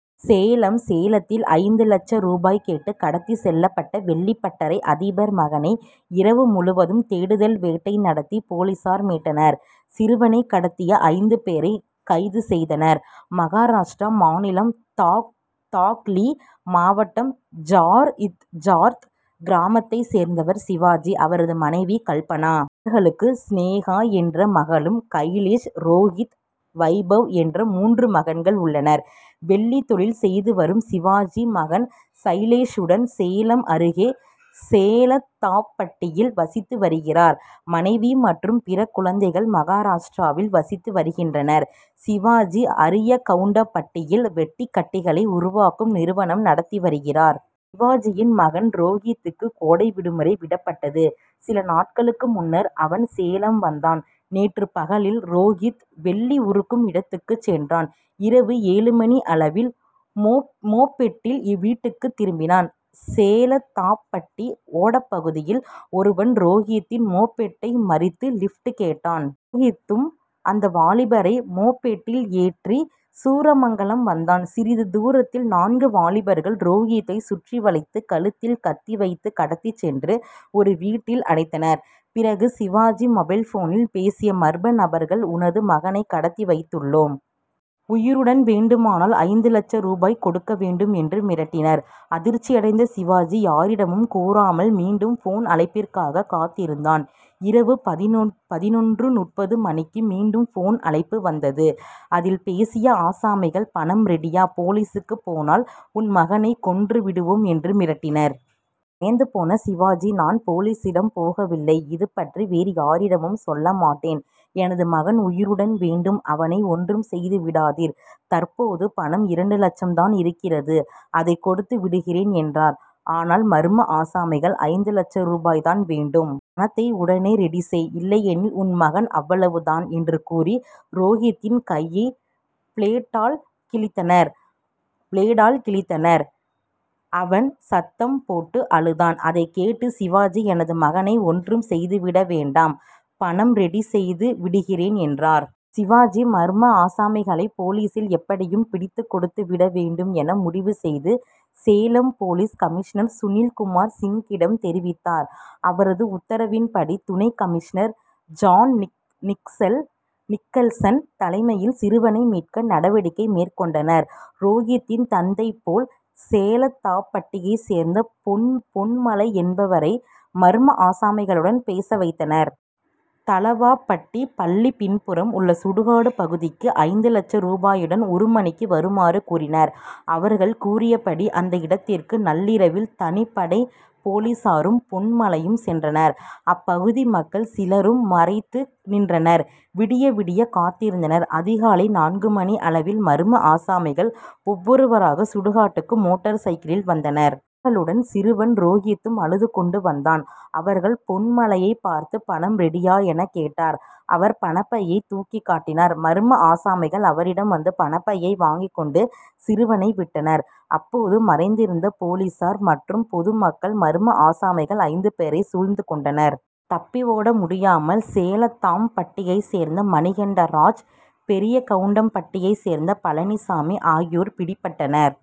சேலம் சேலத்தில் ஐந்து லட்ச ரூபாய் கேட்டு கடத்திச் செல்லப்பட்ட வெள்ளிப்பட்டறை அதிபர் மகனை இரவு முழுவதும் தேடுதல் வேட்டை நடத்தி போலீசார் மீட்டனர். சிறுவனை கடத்திய ஐந்து பேரை கைது செய்தனர். மகாராஷ்டிரா மாநிலம் தா தாக்லி மாவட்டம் ஜா ஜார்த் கிராமத்தைச் சேர்ந்தவர் சிவாஜி. அவரது மனைவி கல்பனா. அவர்களுக்கு ஸ்நேகா என்ற மகளும் சைலேஷ் ரோகித் வைபவ் என்ற மூன்று மகன்கள் உள்ளனர். வெள்ளி தொழில் செய்து வரும் சிவாஜி மகன் சைலேஷுடன் சேலம் அருகே சேலத்தாம்பட்டியில் வசித்து வருகிறார். மனைவி மற்றும் பிற குழந்தைகள் மகாராஷ்டிராவில் வசித்து வருகின்றனர். சிவாஜி அரியாக்கவுண்டம்பட்டியில் வெள்ளிக்கட்டிகளை உருக்கும் நிறுவனம் நடத்தி வருகிறார். சிவாஜியின் மகன் ரோகித்துக்கு கோடை விடுமுறை விடப்பட்டது. சில நாட்களுக்கு முன்னர் அவன் சேலம் வந்தான். நேற்று பகலில் ரோகித் வெள்ளி உருக்கும் இடத்துக்கு சென்றான். இரவு ஏழு மணியளவில் மொபெட்டில் வீட்டுக்கு திரும்பினான். சேலத்தாம்பட்டி ஓடப்பகுதியில் ஒருவன் ரோகித்தின் மொபெட்டை மறித்து லிப்ட் கேட்டான். ரோகித்தும் அந்த வாலிபரை மொபெட்டில் ஏற்றி சூரமங்கலம் வந்தான். சிறிது தூரத்தில் நான்கு வாலிபர்கள் ரோகித்தைச் சுற்றி வளைத்து கழுத்தில் கத்தி வைத்து கடத்திச் சென்று ஒரு வீட்டில் அடைத்தனர். பிறகு சிவாஜி மொபைல் போனில் பேசிய மர்ம நபர்கள் உனது மகனை கடத்தி வைத்துள்ளோம். உயிருடன் வேண்டுமானால் ஐந்து லட்ச ரூபாய் கொடுக்க வேண்டும் என்று மிரட்டினர். அதிர்ச்சியடைந்த சிவாஜி யாரிடமும் கூறாமல் மீண்டும் போன் அழைப்பிற்காக காத்திருந்தார். இரவு பதினொன்று முப்பது மணிக்கு மீண்டும் போன் அழைப்பு வந்தது. அதில் பேசிய ஆசாமிகள் பணம் ரெடியா போலீசுக்கு போனால் உன் மகனை கொன்று விடுவோம் என்று மிரட்டினர். பயந்து போன சிவாஜி நான் போலீசிடம் போகவில்லை. இது பற்றி வேறு யாரிடமும் சொல்லமாட்டேன். எனது மகன் உயிருடன் வேண்டும் அவனை ஒன்றும் செய்து விடாதீர். தற்போது பணம் இரண்டு லட்சம் தான் இருக்கிறது அதை கொடுத்து விடுகிறேன் என்றார். ஆனால் மர்ம ஆசாமிகள் ஐந்து லட்ச ரூபாய் தான் வேண்டும். பணத்தை உடனே ரெடி செய். இல்லையெனில் உன் மகன் அவ்வளவு தான் என்று கூறி ரோகித்தின் கையை பிளேடால் கிழித்தனர். அவன் சத்தம் போட்டு அழுதான். அதை கேட்டு சிவாஜி எனது மகனை ஒன்றும் செய்து விட வேண்டாம் பணம் ரெடி செய்து விடுகிறேன் என்றார். சிவாஜி மர்ம ஆசாமிகளை போலீசில் எப்படியும் பிடித்து கொடுத்து விட வேண்டும் என முடிவு செய்து சேலம் போலீஸ் கமிஷனர் சுனில்குமார் சிங்கிடம் தெரிவித்தார். அவரது உத்தரவின்படி துணை கமிஷனர் ஜான் நிக்கல்சன் தலைமையில் சிறுவனை மீட்க நடவடிக்கை மேற்கொண்டனர். ரோகித்தின் தந்தை போல் சேலத்தாம்பட்டியைச் சேர்ந்த பொன் பொன்மலை என்பவரை மர்ம ஆசாமிகளுடன் பேச வைத்தனர். தளவாய்பட்டி பள்ளி பின்புறம் உள்ள சுடுகாடு பகுதிக்கு ஐந்து லட்ச ரூபாயுடன் ஒரு மணிக்கு வருமாறு கூறினர். அவர்கள் கூறியபடி அந்த இடத்திற்கு நள்ளிரவில் தனிப்படை போலீசாரும் பொன்மலையும் சென்றனர். அப்பகுதி மக்கள் சிலரும் மறைந்து நின்றனர். விடிய விடிய காத்திருந்தனர். அதிகாலை நான்கு மணி அளவில் மர்ம ஆசாமிகள் ஒவ்வொருவராக சுடுகாட்டுக்கு மோட்டார் சைக்கிளில் வந்தனர். களுடன் சிறுவன் ரோகித்தும் அழுது கொண்டு வந்தான். அவர்கள் பொன்மலையை பார்த்து பணம் ரெடியா என கேட்டனர். அவர் பணப்பையை தூக்கி காட்டினார். மர்ம ஆசாமிகள் அவரிடம் வந்து பணப்பையை வாங்கிக் கொண்டு சிறுவனை விட்டனர். அப்போது மறைந்திருந்த போலீசார் மற்றும் பொதுமக்கள் மர்ம ஆசாமிகள் ஐந்து பேரை சூழ்ந்து கொண்டனர். தப்பி ஓட முடியாமல் சேலத்தாம்பட்டியைச் சேர்ந்த மணிகண்டன் ராஜ் பெரியகவுண்டம்பட்டியைச் சேர்ந்த பழனிசாமி ஆகியோர் பிடிபட்டனர்.